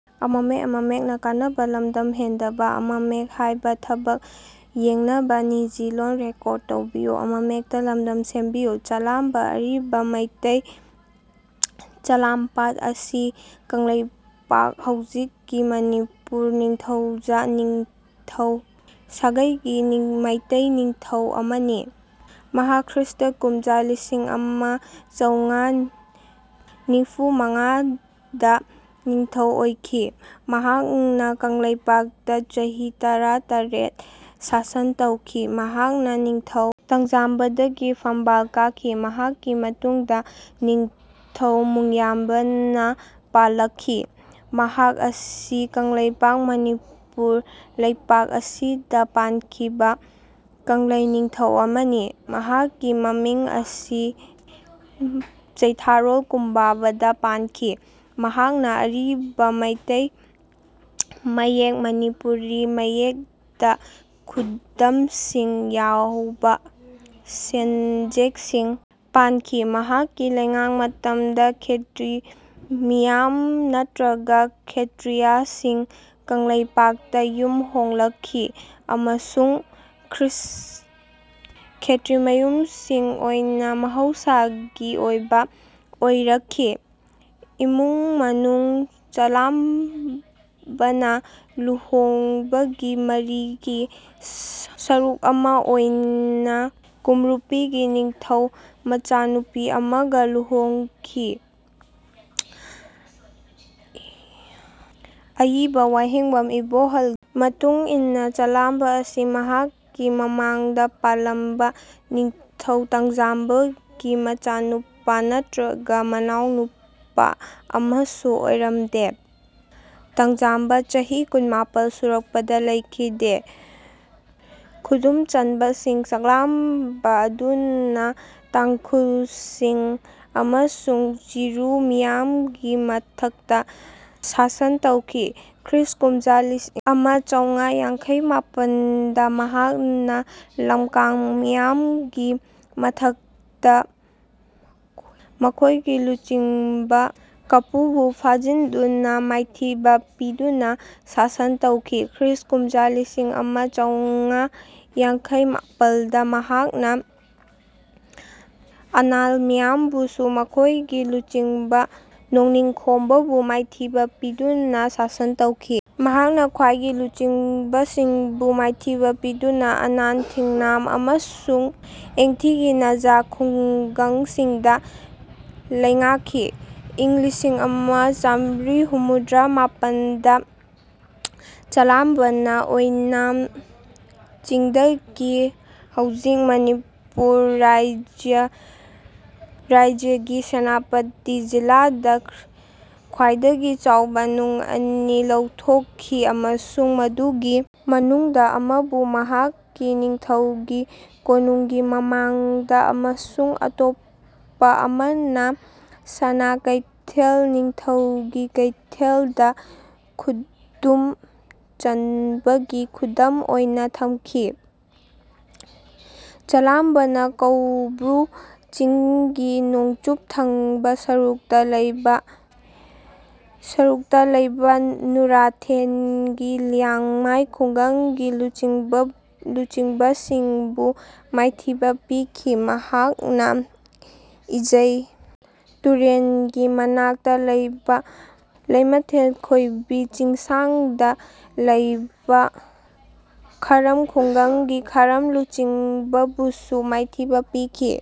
ꯆꯂꯥꯝꯕ ꯑꯔꯤꯕ ꯃꯩꯇꯩ ꯆꯂꯥꯝꯄꯥ ꯑꯁꯤ ꯀꯪꯂꯩꯄꯥꯛ ꯍꯧꯖꯤꯛ ꯃꯅꯤꯄꯨꯔꯒꯤ ꯅꯤꯡꯊꯧꯖꯥ ꯅꯤꯡꯊꯧ ꯁꯥꯒꯩꯒꯤ ꯃꯩꯇꯩ ꯅꯤꯡꯊꯧ ꯑꯃꯅꯤ꯫ ꯃꯍꯥꯛ ꯈ꯭ꯔꯤꯁꯇ ꯀꯨꯝꯖꯥ ꯂꯤꯁꯤꯡ ꯑꯃ ꯆꯧꯉꯥ ꯅꯤꯝꯐꯨ ꯃꯉꯥꯗ ꯅꯤꯡꯊꯧ ꯑꯣꯏꯈꯤ꯫ ꯃꯍꯥꯛꯅ ꯀꯪꯂꯩꯄꯥꯛꯇ ꯆꯍꯤ ꯇꯔꯥ ꯇꯔꯦꯠ ꯁꯥꯁꯟ ꯇꯧꯈꯤ꯫ ꯃꯍꯥꯛꯅ ꯅꯤꯡꯊꯧ ꯇꯥꯡꯖꯥꯝꯕꯗꯒꯤ ꯐꯝꯕꯥꯜ ꯀꯥꯈꯤ꯫ ꯃꯍꯥꯛꯀꯤ ꯃꯇꯨꯡꯗ ꯅꯤꯡꯊꯧ ꯃꯨꯡꯌꯥꯝꯕꯅ ꯄꯥꯜꯂꯛꯈꯤ꯫ ꯃꯍꯥꯛ ꯑꯁꯤ ꯀꯪꯂꯩꯄꯥꯛ ꯃꯅꯤꯄꯨꯔ ꯂꯩꯄꯥꯛ ꯑꯁꯤꯗ ꯄꯥꯟꯈꯤꯕ ꯀꯪꯂꯩ ꯅꯤꯡꯊꯧ ꯑꯃꯅꯤ꯫ ꯃꯍꯥꯛꯀꯤ ꯃꯃꯤꯡ ꯑꯁꯤ ꯆꯩꯊꯥꯔꯣꯜ ꯀꯨꯝꯕꯥꯕꯗ ꯄꯜꯂꯤ꯫ ꯃꯍꯥꯛꯅ ꯑꯔꯤꯕ ꯃꯩꯇꯩ ꯃꯌꯦꯛ ꯃꯅꯤꯄꯨꯔꯤ ꯃꯌꯦꯛꯗ ꯈꯨꯗꯝꯁꯤꯡ ꯌꯥꯎꯕ ꯁꯦꯟꯌꯦꯛꯁꯤꯡ ꯄꯨꯊꯣꯛꯈꯤ꯫ ꯃꯍꯥꯛꯀꯤ ꯂꯩꯉꯥꯛ ꯃꯇꯝꯗ ꯈꯦꯇ꯭ꯔꯤ ꯃꯤꯌꯥꯝ ꯅꯠꯇ꯭ꯔꯒ ꯈꯦꯇ꯭ꯔꯤꯌꯥꯁꯤꯡ ꯀꯪꯂꯩꯄꯥꯛꯇ ꯌꯨꯝ ꯍꯣꯡꯂꯛꯈꯤ ꯑꯃꯁꯨꯡ ꯈꯦꯇ꯭ꯔꯤꯌꯝꯁꯤꯡ ꯑꯣꯏꯅ ꯃꯍꯧꯁꯥꯒꯤ ꯑꯣꯏꯕ ꯑꯣꯏꯔꯛꯈꯤ꯫ ꯏꯃꯨꯡ ꯃꯅꯨꯡ ꯆꯂꯥꯝꯕꯅ ꯂꯨꯍꯣꯡꯕꯒꯤ ꯃꯔꯤꯒꯤ ꯁꯔꯨꯛ ꯑꯃ ꯑꯣꯏꯅ ꯀꯝꯔꯨꯄꯤꯒꯤ ꯅꯤꯡꯊꯧ ꯃꯆꯥꯅꯨꯄꯤ ꯑꯃꯒ ꯂꯨꯍꯣꯡꯈꯤ꯫ ꯑꯏꯕ ꯋꯥꯍꯦꯡꯕꯝ ꯏꯕꯣꯍꯜꯒꯤ ꯃꯇꯨꯡ ꯏꯟꯅ ꯆꯂꯥꯝꯕ ꯑꯁꯤ ꯃꯍꯥꯛꯀꯤ ꯃꯃꯥꯡꯗ ꯄꯥꯜꯂꯝꯕ ꯅꯤꯡꯊꯧ ꯇꯥꯡꯖꯥꯝꯕꯒꯤ ꯃꯆꯥꯅꯨꯄꯥ ꯅꯠꯇ꯭ꯔꯒ ꯃꯅꯥꯎꯅꯨꯄꯥ ꯑꯃꯁꯨ ꯑꯣꯏꯔꯝꯗꯦ꯫ ꯇꯥꯡꯖꯥꯝꯕꯥ ꯆꯍꯤ ꯀꯨꯟꯃꯥꯄꯟ ꯁꯨꯔꯛꯄꯗ ꯂꯩꯈꯤꯗꯦ꯫ ꯈꯨꯗꯨꯝ ꯆꯟꯕꯁꯤꯡ ꯆꯂꯥꯝꯕ ꯑꯗꯨꯅ ꯇꯥꯡꯈꯨꯜꯁꯤꯡ ꯑꯃꯁꯨꯡ ꯆꯤꯔꯨ ꯃꯤꯌꯥꯝꯒꯤ ꯃꯊꯛꯇ ꯁꯥꯁꯟ ꯇꯧꯈꯤ꯫ ꯈ꯭ꯔꯤꯁꯇ ꯀꯨꯝꯖꯥ ꯂꯤꯁꯤꯡ ꯑꯃ ꯆꯧꯉꯥ ꯌꯥꯡꯈꯩ ꯅꯤꯄꯥꯟꯗ ꯃꯍꯥꯛꯅ ꯂꯝꯀꯥꯡ ꯃꯤꯌꯥꯝꯒꯤ ꯃꯊꯛꯇ ꯃꯈꯣꯏꯒꯤ ꯂꯨꯆꯤꯡꯕ ꯀꯥꯄꯨꯕꯨ ꯐꯥꯖꯤꯟꯗꯨꯅ ꯃꯥꯏꯊꯤꯕ ꯄꯤꯗꯨꯅ ꯁꯥꯁꯟ ꯇꯧꯈꯤ꯫ ꯈ꯭ꯔꯤꯁꯇ ꯀꯨꯝꯖꯥ ꯂꯤꯁꯤꯡ ꯑꯃ ꯆꯧꯉꯥ ꯌꯥꯡꯈꯩ ꯃꯥꯄꯟꯗ ꯃꯍꯥꯛꯅ ꯑꯅꯥꯜ ꯃꯤꯌꯥꯝꯕꯨꯁꯨ ꯃꯈꯣꯏꯒꯤ ꯂꯨꯆꯤꯡꯕ ꯅꯣꯡꯅꯤꯡꯈꯣꯏꯕꯨ ꯃꯥꯏꯊꯤꯕ ꯄꯤꯗꯨꯅ ꯁꯥꯁꯟ ꯇꯧꯈꯤ꯫ ꯃꯍꯥꯛꯅ ꯃꯈꯣꯏꯒꯤ ꯂꯨꯆꯤꯡꯕꯁꯤꯡꯕꯨ ꯃꯥꯏꯊꯤꯕ ꯄꯤꯗꯨꯅ ꯑꯅꯥꯟ ꯊꯤꯡꯅꯥꯡ ꯑꯃꯁꯨꯡ ꯑꯦꯡꯊꯤꯒꯤ ꯅꯥꯒꯥ ꯈꯨꯡꯒꯪꯁꯤꯡꯗ ꯂꯩꯉꯥꯛꯈꯤ꯫ ꯏꯪ ꯂꯤꯁꯤꯡ ꯑꯃ ꯆꯥꯃ꯭ꯔꯤ ꯍꯨꯝꯗ꯭ꯔꯥ ꯃꯥꯄꯟꯗ ꯆꯂꯥꯝꯕꯅ ꯑꯣꯏꯅꯥꯝ ꯆꯤꯡꯗꯒꯤ ꯍꯧꯖꯤꯛ ꯃꯅꯤꯄꯨꯔ ꯔꯥꯖ꯭ꯌꯒꯤ ꯁꯦꯅꯥꯄꯇꯤ ꯖꯤꯂꯥꯗ ꯈ꯭ꯋꯥꯏꯗꯒꯤ ꯆꯥꯎꯕ ꯅꯨꯡ ꯑꯅꯤ ꯂꯧꯊꯣꯛꯈꯤ ꯑꯃꯁꯨꯡ ꯃꯗꯨꯒꯤ ꯃꯅꯨꯡꯗ ꯑꯃꯕꯨ ꯃꯍꯥꯛꯀꯤ ꯅꯤꯡꯊꯧꯒꯤ ꯀꯣꯅꯨꯡꯒꯤ ꯃꯃꯥꯡꯗ ꯑꯃꯁꯨꯡ ꯑꯇꯣꯞꯄ ꯑꯃꯅ ꯁꯥꯅꯥ ꯀꯩꯊꯦꯜ ꯅꯤꯡꯊꯧꯒꯤ ꯀꯩꯊꯦꯜꯗ ꯈꯨꯗꯨꯃ ꯆꯟꯕꯒꯤ ꯈꯨꯗꯝ ꯑꯣꯏꯅ ꯊꯝꯈꯤ꯫ ꯆꯂꯥꯝꯕꯅ ꯀꯧꯕ꯭ꯔꯨ ꯆꯤꯡꯒꯤ ꯅꯣꯡꯆꯨꯞ ꯊꯪꯕ ꯁꯔꯨꯛꯇ ꯂꯩꯕ ꯅꯨꯔꯥꯊꯦꯟꯒꯤ ꯂꯤꯌꯥꯡꯃꯥꯏ ꯈꯨꯡꯒꯪꯒꯤ ꯂꯨꯆꯤꯡꯕꯁꯤꯡꯕꯨ ꯃꯥꯏꯊꯤꯕ ꯄꯤꯈꯤ꯫ ꯃꯍꯥꯛꯅ ꯏꯖꯩ ꯇꯨꯔꯦꯜꯒꯤ ꯃꯅꯥꯛꯇ ꯂꯩꯕ ꯂꯩꯃꯇꯣꯟ ꯂꯣꯏꯕꯤ ꯆꯤꯡꯁꯥꯡꯗ ꯂꯩꯕ ꯈꯥꯔꯝ ꯈꯨꯡꯒꯪꯒꯤ ꯈꯥꯔꯝ ꯂꯨꯆꯤꯡꯕꯕꯨꯁꯨ ꯃꯥꯏꯊꯤꯕ ꯄꯤꯈꯤ꯫